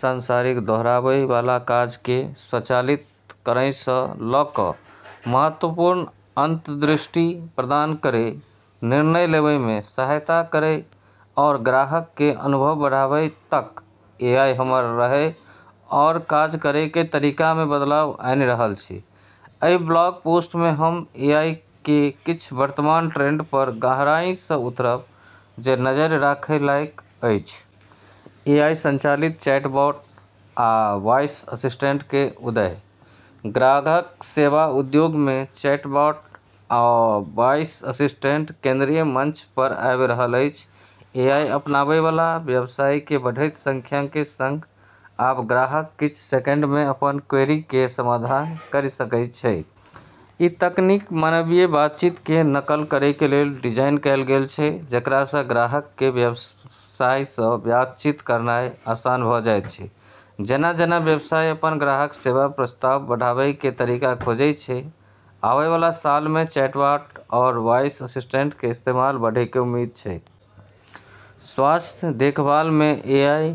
सांसारिक, दोहराबै वाला काजके स्वचालित करैसँ ल' क' महत्वपूर्ण अंतर्दृष्टि प्रदान करै, निर्णय लेबैमे सहायता करै, आओर ग्राहकके अनुभव बढ़ाबै तक, एआई हमर रहै आओर काज करैके तरीकामे बदलाव आनि रहल छै। एहि ब्लॉग पोस्ट मे हम एआईके किछ वर्तमान ट्रेंड पर गहराइसँ उतरब जे नजरि राखय लायक अछि । एआई संचालित चैटबॉट आ वॉयस असिस्टेंटके उदय: ग्राहक सेवा उद्योगमे चैटबॉट आ वॉयस असिस्टेंट केंद्रीय मंच पर आबि रहल अछि एआई अपनाबैबला व्यवसायके बढ़ैत संख्याके सङ्ग आब ग्राहक किछ सेकंडमे अपन क्वेरीके समाधान करि सकै छै। ई तकनीक मानवीय बातचीतके नकल करैके लेल डिजाइन कैल गेल छै, जेकरासँ ग्राहकके व्यवसायसँ बातचीत करनाइ आसान भ' जाइत छै । जेना -जेना व्यवसाय अपन ग्राहक सेवा प्रस्ताव बढ़ाबैके तरीका खोजै छै, आबैबला सालमे चैटबॉट आओर वॉयस असिस्टेंटके इस्तेमाल बढ़ैके उम्मीद छै। स्वास्थ्य देखभालमे एआई: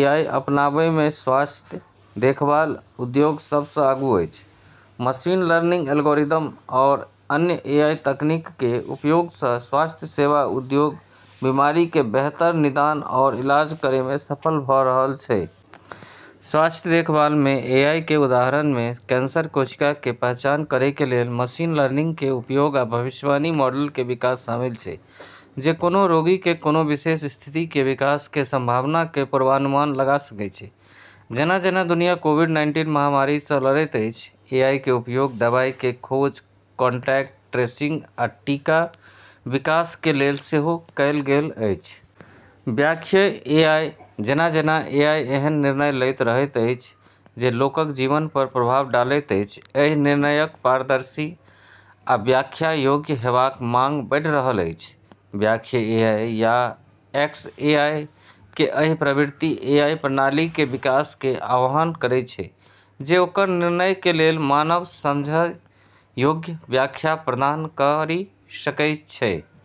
एआई अपनाबैमे स्वास्थ्य देखभाल उद्योग सबसँ आगू अछि । मशीन लर्निंग एल्गोरिदम आओर अन्य एआई तकनीकके उपयोगसँ स्वास्थ्य सेवा उद्योग बीमारीके बेहतर निदान आओर इलाज करैमे सफल भ' रहल छै। स्वास्थ्य देखभालमे एआईके उदाहरणमे कैंसर कोशिकाके पहचान करैके लेल मशीन लर्निंगके उपयोग, आ भविष्यवाणी मॉडलके विकास शामिल छै जे कोनो रोगीके कोनो विशेष स्थितिके विकासके संभावनाके पूर्वानुमान लगा सकै छै । जेना-जेना दुनिया कोविड-नाइन्टीन महामारीसँ लड़ैत अछि, एआईके उपयोग दवाईके खोज, कोन्टैक्ट ट्रेसिंग, आ टीका विकासके लेल सेहो कएल गेल अछि । व्याख्यीय एआई: जेना-जेना एआई एहन निर्णय लैत रहैत अछि जे लोकक जीवन पर प्रभाव डालैत अछि, एहि निर्णयक पारदर्शी आ व्याख्या योग्य हेबाक मांग बढ़ि रहल अछि। "व्याख्यीय एआई" या "एक्सएआई" के एहि प्रवृत्ति एआई प्रणालीके विकासके आह्वान करय छै जे ओकर निर्णयके लेल मानव-समझइ योग्य व्याख्या प्रदान करि सकै छै ।